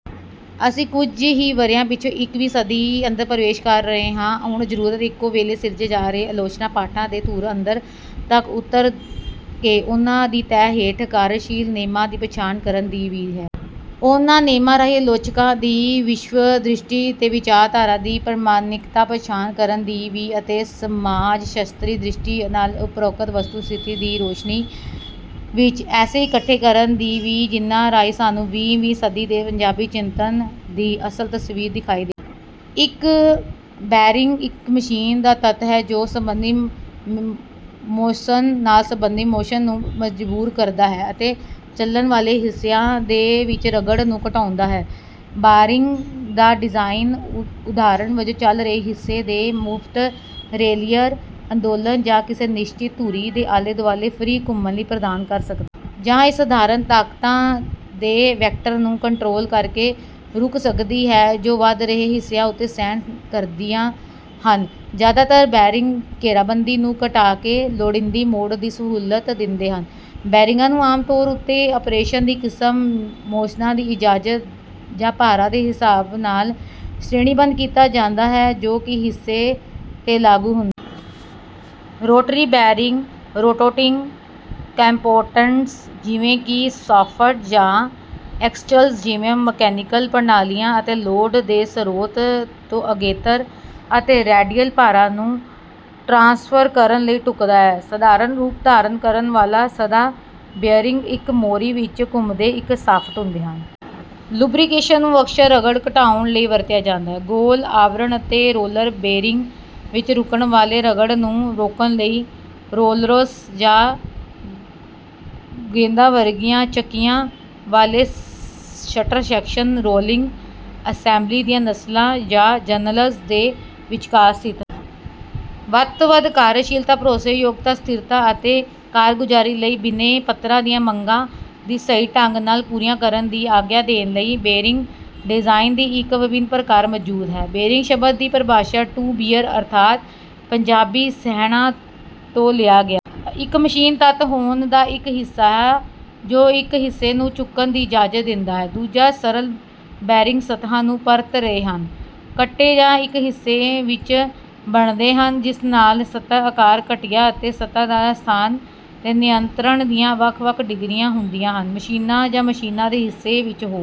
ਅਸੀਂ ਕੁਝ ਹੀ ਵਰ੍ਹਿਆਂ ਪਿੱਛੋਂ ਇੱਕੀ ਵੀਂ ਸਦੀ ਅੰਦਰ ਪ੍ਰਵੇਸ਼ ਕਰ ਰਹੇ ਹਾਂ। ਹੁਣ ਜ਼ਰੂਰਤ ਇੱਕੋ ਵੇਲੇ ਸਿਰਜੇ ਜਾ ਰਹੇ ਆਲੋਚਨਾ ਪਾਠਾਂ ਦੇ ਧੁਰ ਅੰਦਰ ਤੱਕ ਉੱਤਰ ਕੇ ਉਹਨਾਂ ਦੀ ਤਹਿ ਹੇਠ ਕਾਰਜਸ਼ੀਲ ਨੇਮਾਂ ਦੀ ਪਛਾਣ ਕਰਨ ਦੀ ਵੀ ਹੈ। ਉਨ੍ਹਾਂ ਨੇਮਾਂ ਰਾਹੀਂ ਆਲੋਚਕਾਂ ਦੀ ਵਿਸ਼ਵਦ੍ਰਿਸ਼ਟੀ ਤੇ ਵਿਚਾਰਧਾਰਾ ਦੀ ਪ੍ਰਮਾਣਿਕਤਾ ਪਛਾਣ ਕਰਨ ਦੀ ਵੀ ਅਤੇ ਸਮਾਜਸ਼ਾਸਤਰੀ ਦ੍ਰਿਸ਼ਟੀ ਨਾਲ ਉਪਰੋਕਤ ਵਸਤੂ ਸਥਿਤੀ ਦੀ ਰੌਸ਼ਨੀ ਵਿੱਚ ਐਸੇ ਇਕੱਠੇ ਕਰਨ ਦੀ ਵੀ ਜਿਨ੍ਹਾਂ ਰਾਹੀਂ ਸਾਨੂੰ ਵੀਹ ਵੀਂ ਸਦੀ ਦੇ ਪੰਜਾਬੀ ਚਿੰਤਨ ਦੀ ਅਸਲ ਤਸਵੀਰ ਦਿਖਾਈ ਦੇ ਸਕੇ। ਇੱਕ ਬੈਰਿੰਗ ਇੱਕ ਮਸ਼ੀਨ ਦਾ ਤੱਤ ਹੈ ਜੋ ਸੰਬੰਧਿਤ ਮੋਸ਼ਨ ਨਾਲ ਸੰਬੰਧਿਤ ਮੋਸ਼ਨ ਨੂੰ ਮਜਬੂਰ ਕਰਦਾ ਹੈ ਅਤੇ ਚਲਣ ਵਾਲੇ ਹਿੱਸਿਆਂ ਦੇ ਵਿੱਚ ਰਗੜ ਨੂੰ ਘਟਾਉਂਦਾ ਹੈ। ਬੈਰਿੰਗ ਦਾ ਡਿਜ਼ਾਈਨ ਉਦਾਹਰਣ ਵਜੋਂ ਚੱਲ ਰਹੇ ਹਿੱਸੇ ਦੇ ਮੁਫਤ ਰੇਲੀਅਰ ਅੰਦੋਲਨ ਜਾਂ ਕਿਸੇ ਨਿਸ਼ਚਿਤ ਧੁਰੀ ਦੇ ਆਲੇ ਦੁਆਲੇ ਫ੍ਰੀ ਘੁੰਮਣ ਲਈ ਪ੍ਰਦਾਨ ਕਰ ਸਕਦਾ ਹੈ। ਜਾਂ ਇਹ ਸਧਾਰਣ ਤਾਕਤਾਂ ਦੇ ਵੈਕਟਰ ਨੂੰ ਕੰਟਰੋਲ ਕਰਕੇ ਰੁਕ ਸਕਦੀ ਹੈ ਜੋ ਵਧ ਰਹੇ ਹਿੱਸਿਆਂ ਉੱਤੇ ਸਹਿਣ ਕਰਦੀਆਂ ਹਨ। ਜ਼ਿਆਦਾਤਰ ਬੈਰਿੰਗ ਘੇਰਾਬੰਦੀ ਨੂੰ ਘਟਾ ਕੇ ਲੋੜੀਦੀ ਮੋਡ ਦੀ ਸਹੂਲਤ ਦਿੰਦੇ ਹਨ। ਬੈਰਿੰਗਾਂ ਨੂੰ ਆਮ ਤੌਰ ਉੱਤੇ ਅਪਰੇਸ਼ਨ ਦੀ ਕਿਸਮ ਮੋਸ਼ਨਾਂ ਦੀ ਇਜਾਜ਼ਤ ਜਾਂ ਭਾਰਾਂ ਦੇ ਹਿਸਾਬ ਨਾਲ ਸ਼੍ਰੇਣੀਬੱਧ ਕੀਤਾ ਜਾਂਦਾ ਹੈ ਜੋ ਕਿ ਹਿੱਸੇ ਤੇ ਲਾਗੂ ਹੁੰਦਾ ਹੈ। ਰੋਟਰੀ ਬੈਰਿੰਗ ਰੋਟੇਟਿੰਗ ਕੰਪੋਨੈਂਟਸ ਜਿਵੇਂ ਕਿ ਸ਼ਾਫਟ ਜਾਂ ਐਕਸਲਜ਼ ਜਿਵੇਂ ਮਕੈਨੀਕਲ ਪ੍ਰਣਾਲੀਆਂ ਅਤੇ ਲੋਡ ਦੇ ਸਰੋਤ ਤੋਂ ਅਗੇਤਰ ਅਤੇ ਰੈਡੀਅਲ ਭਾਰਾਂ ਨੂੰ ਟਰਾਂਸਫਰ ਕਰਨ ਲਈ ਢੁਕਦਾ ਹੈ। ਸਾਧਾਰਣ ਰੂਪ ਧਾਰਨ ਕਰਨ ਵਾਲਾ ਸਾਦਾ ਬੇਅਰਿੰਗ ਇੱਕ ਮੋਰੀ ਵਿੱਚ ਘੁੰਮਦੇ ਇੱਕ ਸ਼ਾਫਟ ਹੁੰਦੇ ਹਨ। ਲੁਬਰੀਕੇਸ਼ਨ ਨੂੰ ਅਕਸਰ ਰਗੜ ਘਟਾਉਣ ਲਈ ਵਰਤਿਆ ਜਾਂਦਾ ਹੈ। ਗੋਲ ਆਵਰਣ ਅਤੇ ਰੋਲਰ ਬੇਅਰਿੰਗ ਵਿੱਚ ਰੁਕਣ ਵਾਲੇ ਰਗੜ ਨੂੰ ਰੋਕਣ ਲਈ ਰੋਲਰਸ ਜਾਂ ਗੇਂਦਾਂ ਵਰਗੀਆਂ ਚੱਕੀਆਂ ਵਾਲੇ ਸਟਰ ਸੈਕਸ਼ਨ ਰੋਲਿੰਗ ਅਸੈਂਬਲੀ ਦੀਆਂ ਨਸਲਾਂ ਜਾਂ ਜਰਨਲਜ਼ ਦੇ ਵਿਚਕਾਰ ਸਥਿਤ ਹਨ। ਵੱਧ ਤੋਂ ਵੱਧ ਕਾਰਜਸ਼ੀਲਤਾ ਭਰੋਸੇਯੋਗਤਾ ਸਥਿਰਤਾ ਅਤੇ ਕਾਰਗੁਜ਼ਾਰੀ ਲਈ ਬਿਨੈ ਪੱਤਰਾਂ ਦੀਆਂ ਮੰਗਾਂ ਦੀ ਸਹੀ ਢੰਗ ਨਾਲ ਪੂਰੀਆਂ ਕਰਨ ਦੀ ਆਗਿਆ ਦੇਣ ਲਈ ਬੇਅਰਿੰਗ ਡਿਜ਼ਾਈਨ ਦੀ ਇੱਕ ਵਿਭਿੰਨ ਪ੍ਰਕਾਰ ਮੌਜੂਦ ਹੈ। ਬੈਰਿੰਗ ਸ਼ਬਦ ਦੀ ਪਰਿਭਾਸ਼ਾ ਟੂ ਬੀਅਰ ਅਰਥਾਤ ਪੰਜਾਬੀ ਸਹਿਣਾ ਤੋਂ ਲਿਆ ਗਿਆ ਹੈ। ਇੱਕ ਮਸ਼ੀਨ ਤੱਤ ਹੋਣ ਦਾ ਇੱਕ ਹਿੱਸਾ ਜੋ ਇੱਕ ਹਿੱਸੇ ਨੂੰ ਚੁੱਕਣ ਦੀ ਇਜਾਜ਼ਤ ਦਿੰਦਾ ਹੈ। ਦੂਜਾ ਸਰਲ ਬੈਰਿੰਗ ਸਤਹਾਂ ਨੂੰ ਪਰਤ ਰਹੇ ਹਨ ਕੱਟੇ ਜਾਂ ਇੱਕ ਹਿੱਸੇ ਵਿੱਚ ਬਣਦੇ ਹਨ ਜਿਸ ਨਾਲ ਸਤਹ ਆਕਾਰ ਘਟੀਆ ਅਤੇ ਸਤ੍ਹਾ ਦੇ ਸਥਾਨ ਤੇ ਨਿਯੰਤਰਣ ਦੀਆਂ ਵੱਖ ਵੱਖ ਡਿਗਰੀਆਂ ਹੁੰਦੀਆਂ ਹਨ। ਮਸ਼ੀਨਾਂ ਜਾਂ ਮਸ਼ੀਨਾਂ ਦੇ ਹਿੱਸੇ ਵਿੱਚ ਹੋਰ